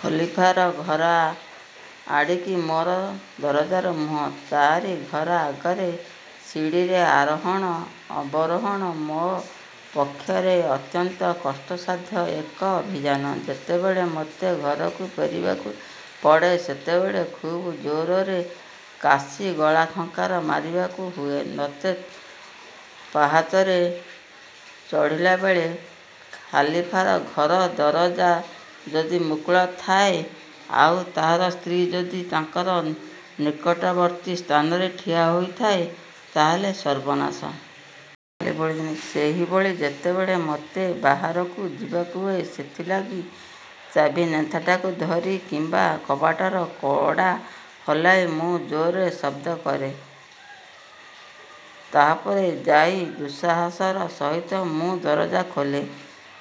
ଖଲିଫାର ଘର ଆଡ଼ିକି ମୋର ଦରଜାର ମୁଁହ। ତାରି ଘର ଆଗରେ ସିଡ଼ିରେ ଆରୋହଣ, ଅବରୋହଣ ମୋ ପକ୍ଷରେ ଅତ୍ୟନ୍ତ କଷ୍ଟସାଧ୍ୟ ଏକ ଅଭିଯାନ। ଯେତେବେଳେ ମୋତେ ଘରକୁ ଫେରିବାକୁ ପଡ଼େ, ସେତେବେଳେ ଖୁବ୍ ଜୋରରେ କାଶି ଗଳଖଙ୍କାର ମାରିବାକୁ ହୁଏ, ନଚେତ୍ ପାହାଚରେ ଚଢ଼ିଲାବେଳେ ଖଲିଫାର ଘର ଦରଜା ଯଦି ମୁକୁଳା ଥାଏ, ଆଉ, ତାହାର ସ୍ତ୍ରୀ ଯଦି କୌଣସି ନିକଟବର୍ତ୍ତୀ ସ୍ଥାନରେ ଠିଆ ହୋଇଥାଏ, ତାହେଲେ ସର୍ବନାଶ। ସେହିଭଳି, ଯେତେବେଳେ ମୋତେ ବାହାରକୁ ଯିବାକୁ ହୁଏ, ସେଥିଲାଗି। ଚାବି ନେନ୍ଥାଟାକୁ ଧରି କିମ୍ବା କବାଟର କଡ଼ା ହଲେଇ ମୁଁ ଜୋରରେ ଶବ୍ଦ କରେ। ତାହାପରେ ଯାଇ ଦୁଃସାହସର ସହିତ ମୁଁ ଦରଜା ଖୋଲେ।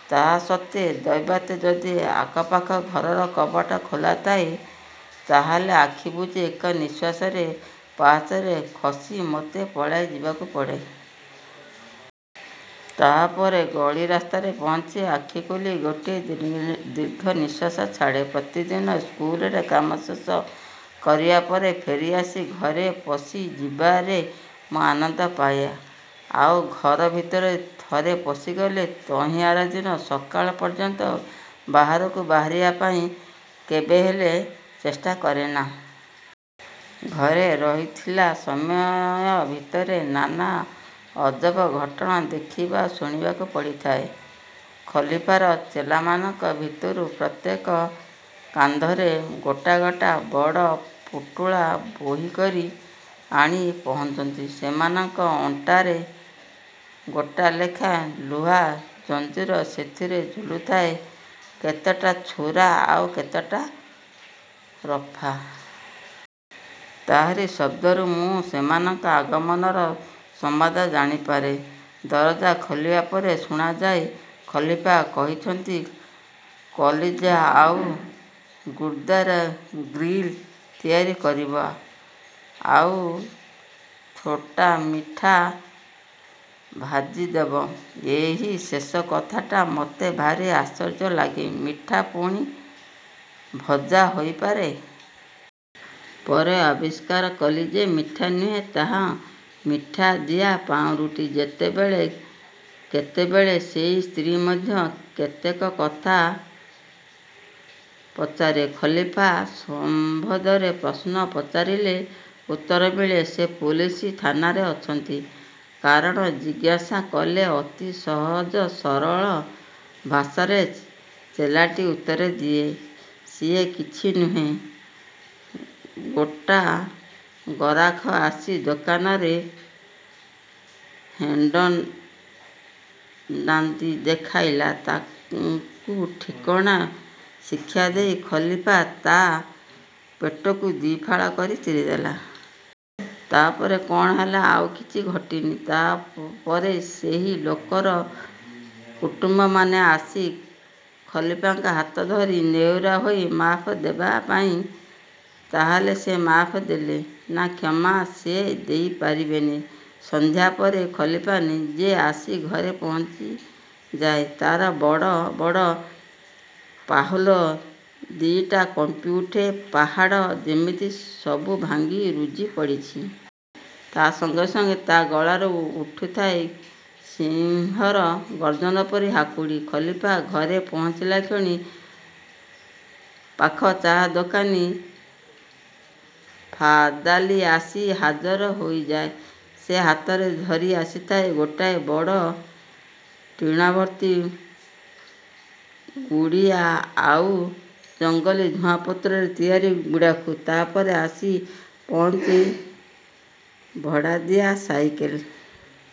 ତାହା ସତ୍ତ୍ୱେ, ଦୈବାତ୍ ଯଦି ଆଖପାଖ ଘରର କବାଟ ଖୋଲାଥାଏ, ତାହାହେଲେ ଆଖି ବୁଜି ଏକ ନିଶ୍ଵାସରେ ପାହାଚରେ ଖସି ମୋତେ ପଳେଇ ଯିବାକୁ ପଡ଼େ। ତାହାପରେ ଗଳି ରାସ୍ତାରେ ପହଞ୍ଚି ଆଖିଖୋଲି ଗୋଟିଏ ଦୀର୍ଘନିଶ୍ଵାସ ଛାଡ଼େ। ପ୍ରତିଦିନ ସ୍କୁଲର କାମ ଶେଷ କରିବା ପରେ ଫେରି ଆସି ଘରେ ପଶି ଯିବାରେ ମୁଁ ଆନନ୍ଦ ପାଏ। ଆଉ ଘର ଭିତରେ ଥରେ ପଶିଗଲେ ତହିଁ ଆରଦିନ ସକାଳ ପର୍ଯ୍ୟନ୍ତ ବାହାରକୁ ବାହାରିବା ପାଇଁ କେବେହେଲେ ଚେଷ୍ଟା କରେ ନା। ଘରେ ରହିଥିଲା ସମୟ ଭିତରେ ନାନା ଅଜବ ଘଟଣା ଦେଖିବା ଓ ଶୁଣିବାକୁ ପଡ଼ିଥାଏ-। ଖଲିଫାର ଚେଲାମାନଙ୍କ ଭିତରୁ ପ୍ରତ୍ୟେକେ କାନ୍ଧରେ ଗୋଟା ଗୋଟା ବଡ଼ ପୁଟୁଳା ବୋହିକରି ଆଣି ପହଞ୍ଚନ୍ତି। ସେମାନଙ୍କ ଅଣ୍ଟାରେ ଗୋଟାଲେଖାଁ ଲୁହା ଜଞ୍ଜିର, ସେଥିରେ ଝୁଲୁଥାଏ କେତେଟା ଛୁରା, ଆଉ କେତେଟା ରଫା। ତାହାରି ଶବ୍ଦରୁ ମୁଁ ସେମାନଙ୍କ ଆଗମନର ସମ୍ବାଦ ଜାଣିପାରେ-। ଦରଜା ଖୋଲିଲା ପରେ ଶୁଣାଯାଏ, "ଖଲିଫା କହିଛନ୍ତି କଲିଜା ଆଉ ଗୁର୍ଦାରେ ଗ୍ରିଲ୍ ତିଆରି କରିବ, ଆଉ ଥୋଡ଼ା ମିଠା ଭାଜିଦେବ। " ଏହି ଶେଷ କଥାଟାରେ ମତେ ଭାରି ଆଶ୍ଚର୍ଯ୍ୟ ଲାଗେ, ମିଠା ପୁଣି ଭଜା ହୋଇପାରେ। ପରେ ଆବିଷ୍କାର କଲି ଯେ ମିଠା ନୁହେଁ, ତାହା ମିଠାଦିଆ ପାଉଁରୁଟି। କେତେବେଳେ କେତେବେଳେ ସେହି ସ୍ତ୍ରୀ ମଧ୍ୟ କେତେକ କଥା ପଚାରେ; ଖଲିଫା ସମ୍ବନ୍ଧରେ ପ୍ରଶ୍ନ ପଚାରିଲେ ଉତ୍ତର ମିଳେ, "ସେ ପୋଲିସ ଥାନାରେ ଅଛନ୍ତି। " କାରଣ ଜିଜ୍ଞସା କଲେ ଅତି ସହଜ ସରଳ ଭାଷାରେ ଚେଲାଟି ଉତ୍ତର ଦିଏ, "ସିଏ କିଛି ନୁହେଁ ଗୋଟା ଗରାଖ ଆସି ଦୋକାନରେ ହେଙ୍କ୍ଡ଼ାନ୍ତି ଦେଖାଇଲା, ତାକୁ ଠିକଣା ଶିକ୍ଷାଦେଇ ଖଲିଫା ତା ପେଟକୁ ଦି'ଫାଳ କରି ଚିରିଦେଲେ। " "ତା ପରେ କଣ ହେଲା? " "ଆଉ କିଛି ଘଟିନି। ତା'ପରେ ସେହି ଲୋକର କୁଟୁମ୍ବମାନେ ଆସି ଖଲିଫାଙ୍କ ହାତ ଧରି ନେହୁରା ହେଲେ ମାଫ୍ ଦେବା ପାଇଁ। " "ତାହେଲେ ସେ ମାଫ୍ ଦେଲେ? " "ନା, କ୍ଷମା ସେ ଦେଇପାରିବେନି। " ସଂଧ୍ୟା ପରେ ଖଲିଫା ନିଜେ ଆସି ଘରେ ପହଞ୍ଚିଯାଏ, ତାର ବଡ଼ ବଡ଼ ପାହୁଲ ଦିଟାରେ କମ୍ପିଉଠେ ପାହାଚ, ଯେମିତି ସବୁ ଭାଙ୍ଗି ରୁଜି ପଡ଼ୁଛି। ତା ସଙ୍ଗେ ସଙ୍ଗେ ତା ଗଳାରୁ ଉଠୁଥାଏ ସିଂହର ଗର୍ଜନ ପରି ହାକୁଡ଼ି। ଖଲିଫା ଘରେ ପହଞ୍ଚିଲାକ୍ଷଣି ପାଖ ଚା ଦୋକାନୀ ଫାଦାଲି ଆସି ହାଜର ହୋଇଯାଏ, ସେ ହାତରେ ଧରି ଆସିଥାଏ ଗୋଟାଏ ବଡ଼ ଟିଣ ଭର୍ତ୍ତି ଗୁଟିଆ ଆଉ ଜଙ୍ଗଲି ଧୂଆଁପତ୍ରରେ ତିଆରି ଗୁଡ଼ାଖୁ। ତା ପରେ ଆସି ପହଞ୍ଚେ ଭଡ଼ାଦିଆ ସାଇକେଲ୍